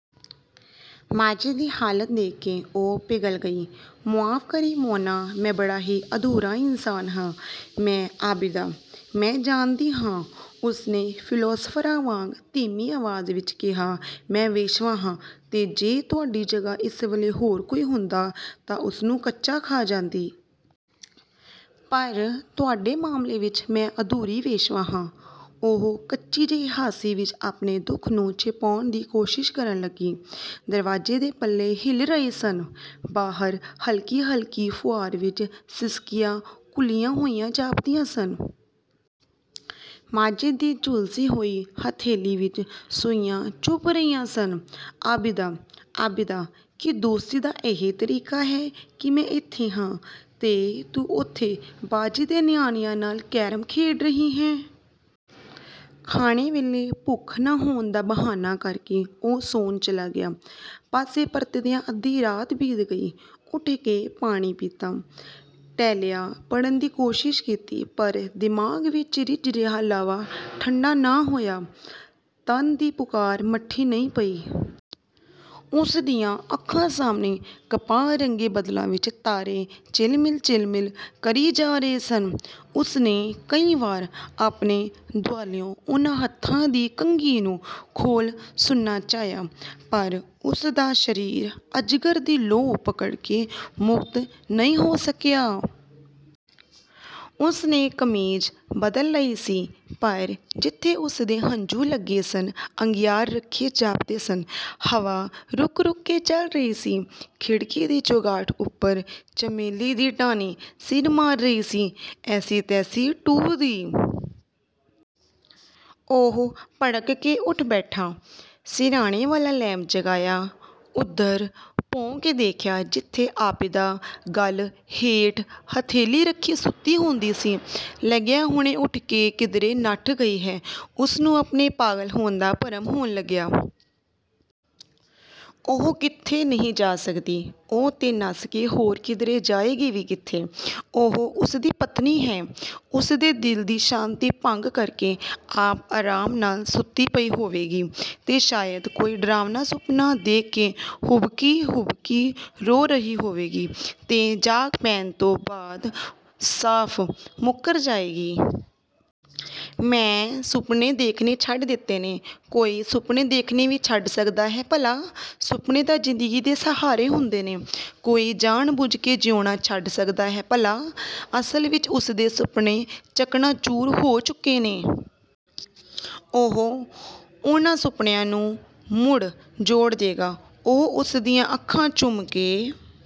ਮਾਜਿਦ ਦੀ ਹਾਲਤ ਦੇਖ ਕੇ ਉਹ ਪਿਘਲ ਗਈ। "ਮੁਆਫ਼ ਕਰੀਂ ਮੋਨਾ ਮੈਂ ਬੜਾ ਹੀ ਅਧੂਰਾ ਇਨਸਾਨ ਹਾਂ। ਮੈਂ ਆਬਿਦਾ" "ਮੈਂ ਜਾਣਦੀ ਹਾਂ।" ਉਸਨੇ ਫ਼ਿਲਾਸਫ਼ਰਾਂ ਵਾਂਗ ਧੀਮੀ ਆਵਾਜ਼ ਵਿੱਚ ਕਿਹਾ, "ਮੈਂ ਵੇਸ਼ਵਾ ਹਾਂ ਤੇ ਜੇ ਤੁਹਾਡੀ ਜਗ੍ਹਾ ਇਸ ਵੇਲੇ ਹੋਰ ਕੋਈ ਹੁੰਦਾ ਤਾਂ ਉਸਨੂੰ ਕੱਚਾ ਖਾ ਜਾਂਦੀ। ਪਰ ਤੁਹਾਡੇ ਮਾਮਲੇ ਵਿੱਚ ਮੈਂ ਵੀ ਅਧੂਰੀ ਵੇਸ਼ਵਾ ਹਾਂ।" ਉਹ ਕੱਚੀ ਜਿਹੀ ਹਾਸੀ ਵਿੱਚ ਆਪਣੇ ਦੁੱਖ ਨੂੰ ਛਿਪਾਉਣ ਦੀ ਕੋਸ਼ਿਸ਼ ਕਰਨ ਲੱਗੀ। ਦਰਵਾਜ਼ੇ ਦੇ ਪੱਲੇ ਹਿੱਲ ਰਹੇ ਸਨ, ਬਾਹਰ ਹਲਕੀ-ਹਲਕੀ ਫੁਆਰ ਵਿੱਚ ਸਿਸਕੀਆਂ ਘੁਲੀਆਂ ਹੋਈਆਂ ਜਾਪਦੀਆਂ ਸਨ। ਮਾਜਿਦ ਦੀ ਝੁਲਸੀ ਹੋਈ ਹਥੇਲੀ ਵਿੱਚ ਸੂਈਆਂ ਚੁਭ ਰਹੀਆਂ ਸਨ। 'ਆਬਿਦਾ, ਆਬਿਦਾ ਕੀ ਦੋਸਤੀ ਦਾ ਇਹੀ ਤਰੀਕਾ ਹੈ ਕਿ ਮੈਂ ਇੱਥੇ ਹਾਂ ਤੇ ਤੂੰ ਉੱਥੇ ਬਾਜੀ ਦੇ ਨਿਆਣਿਆਂ ਨਾਲ ਕੈਰਮ ਖੇਡ ਰਹੀ ਹੈਂ।' ਖਾਣੇ ਵੇਲੇ ਭੁੱਖ ਨਾ ਹੋਣ ਦਾ ਬਹਾਨਾ ਕਰਕੇ ਉਹ ਸੌਣ ਚਲਾ ਗਿਆ। ਪਾਸੇ ਪਰਤਦਿਆਂ ਅੱਧੀ ਰਾਤ ਬੀਤ ਗਈ। ਉੱਠ ਕੇ ਪਾਣੀ ਪੀਤਾ। ਟਹਿਲਿਆ, ਪੜ੍ਹਨ ਦੀ ਕੋਸ਼ਿਸ਼ ਕੀਤੀ ਪਰ ਦਿਮਾਗ਼ ਵਿੱਚ ਰਿੱਝ ਰਿਹਾ ਲਾਵਾ ਠੰਡਾ ਨਾ ਹੋਇਆ; ਤਨ ਦੀ ਪੁਕਾਰ ਮੱਠੀ ਨਹੀਂ ਪਈ। ਉਸਦੀਆਂ ਅੱਖਾਂ ਸਾਹਮਣੇ ਕਪਾਹ ਰੰਗੇ ਬੱਦਲਾਂ ਵਿੱਚ ਤਾਰੇ ਝਿਲਮਿਲ-ਝਿਲਮਿਲ ਕਰੀ ਜਾ ਰਹੇ ਸਨ। ਉਸਨੇ ਕਈ ਵਾਰੀ ਆਪਣੇ ਦੁਆਲਿਓਂ ਉਹਨਾਂ ਹੱਥਾਂ ਦੀ ਕੰਘੀ ਨੂੰ ਖੋਹਲ ਸੁੱਟਣਾ ਚਾਹਿਆ, ਪਰ ਉਸਦਾ ਸਰੀਰ ਅਜਗਰ ਦੀ ਲੋਹ-ਪਕੜ ਤੋਂ ਮੁਕਤ ਨਹੀਂ ਹੋ ਸਕਿਆ। ਉਸਨੇ ਕਮੀਜ਼ ਬਦਲ ਲਈ ਸੀ ਪਰ ਜਿੱਥੇ ਉਸਦੇ ਹੰਝੂ ਲੱਗੇ ਸਨ, ਅੰਗਿਆਰ ਰੱਖੇ ਜਾਪਦੇ ਸਨ। ਹਵਾ ਰੁਕ-ਰੁਕ ਕੇ ਚੱਲ ਰਹੀ ਸੀ, ਖਿੜਕੀ ਦੀ ਚੁਗਾਠ ਉੱਪਰ ਚਮੇਲੀ ਦੀ ਟਾਹਨੀ ਸਿਰ ਮਾਰ ਰਹੀ ਸੀ। "ਐਸੀ-ਤੈਸੀ ਟੂਰ ਦੀ!" ਉਹ ਭੁੜਕ ਕੇ ਉੱਠ ਬੈਠਾ। ਸਿਰਹਾਣੇ ਵਾਲਾ ਲੈਂਪ ਜਗਾਇਆ। ਉੱਧਰ ਭੌਂ ਕੇ ਦੇਖਿਆ, ਜਿੱਥੇ ਆਬਿਦਾ ਗੱਲ੍ਹ ਹੇਠ ਹਥੇਲੀ ਰੱਖੀ ਸੁੱਤੀ ਹੁੰਦੀ ਸੀ। ਲੱਗਿਆ, ਹੁਣੇ ਉੱਠ ਕੇ ਕਿਧਰੇ ਨੱਠ ਗਈ ਹੈ! ਉਸਨੂੰ ਆਪਣੇ ਪਾਗਲ ਹੋਣ ਦਾ ਭਰਮ ਹੋਣ ਲੱਗਿਆ। ਉਹ ਕਿਤੇ ਨਹੀਂ ਜਾ ਸਕਦੀ। ਉਸ ਤੋਂ ਨੱਸ ਕੇ ਹੋਰ ਕਿਧਰੇ ਜਾਏਗੀ ਵੀ ਕਿੱਥੇ? ਉਹ ਉਸਦੀ ਪਤਨੀ ਹੈ। ਉਸਦੇ ਦਿਲ ਦੀ ਸ਼ਾਂਤੀ ਭੰਗ ਕਰਕੇ ਆਪ ਆਰਾਮ ਨਾਲ ਸੁੱਤੀ ਪਈ ਹੋਵੇਗੀ, ਤੇ ਸ਼ਾਇਦ ਕੋਈ ਡਰਾਵਨਾ ਸੁਪਨਾ ਦੇਖ ਕੇ ਹੁਬਕੀਂ-ਹੁਬਕੀ ਰੋ ਰਹੀ ਹੋਵੇਗੀ, ਤੇ ਜਾਗ ਪੈਣ ਤੋਂ ਬਾਅਦ ਸਾਫ਼ ਮੁੱਕਰ ਜਾਏਗੀ। 'ਮੈਂ ਸੁਪਨੇ ਦੇਖਣੇ ਛੱਡ ਦਿੱਤੇ ਨੇ।' ਕੋਈ ਸੁਪਨੇ ਦੇਖਣੇ ਵੀ ਛੱਡ ਸਕਦਾ ਹੈ ਭਲਾ? ਸੁਪਨੇ ਤਾਂ ਜ਼ਿੰਦਗੀ ਦੇ ਸਹਾਰੇ ਹੁੰਦੇ ਨੇ। ਕੋਈ ਜਾਣ-ਬੁੱਝ ਕੇ ਜਿਊਣਾ ਛੱਡ ਸਕਦਾ ਹੈ ਭਲਾ? ਅਸਲ ਵਿੱਚ ਉਸਦੇ ਸੁਪਨੇ ਚਕਨਾ-ਚੂਰ ਹੋ ਚੁੱਕੇ ਨੇ। ਉਹ ਉਹਨਾਂ ਸੁਪਨਿਆਂ ਨੂੰ ਮੁੜ ਜੋੜ ਦੇਗਾ। ਉਹ ਉਸਦੀਆਂ ਅੱਖਾਂ ਚੁੰਮ ਕੇ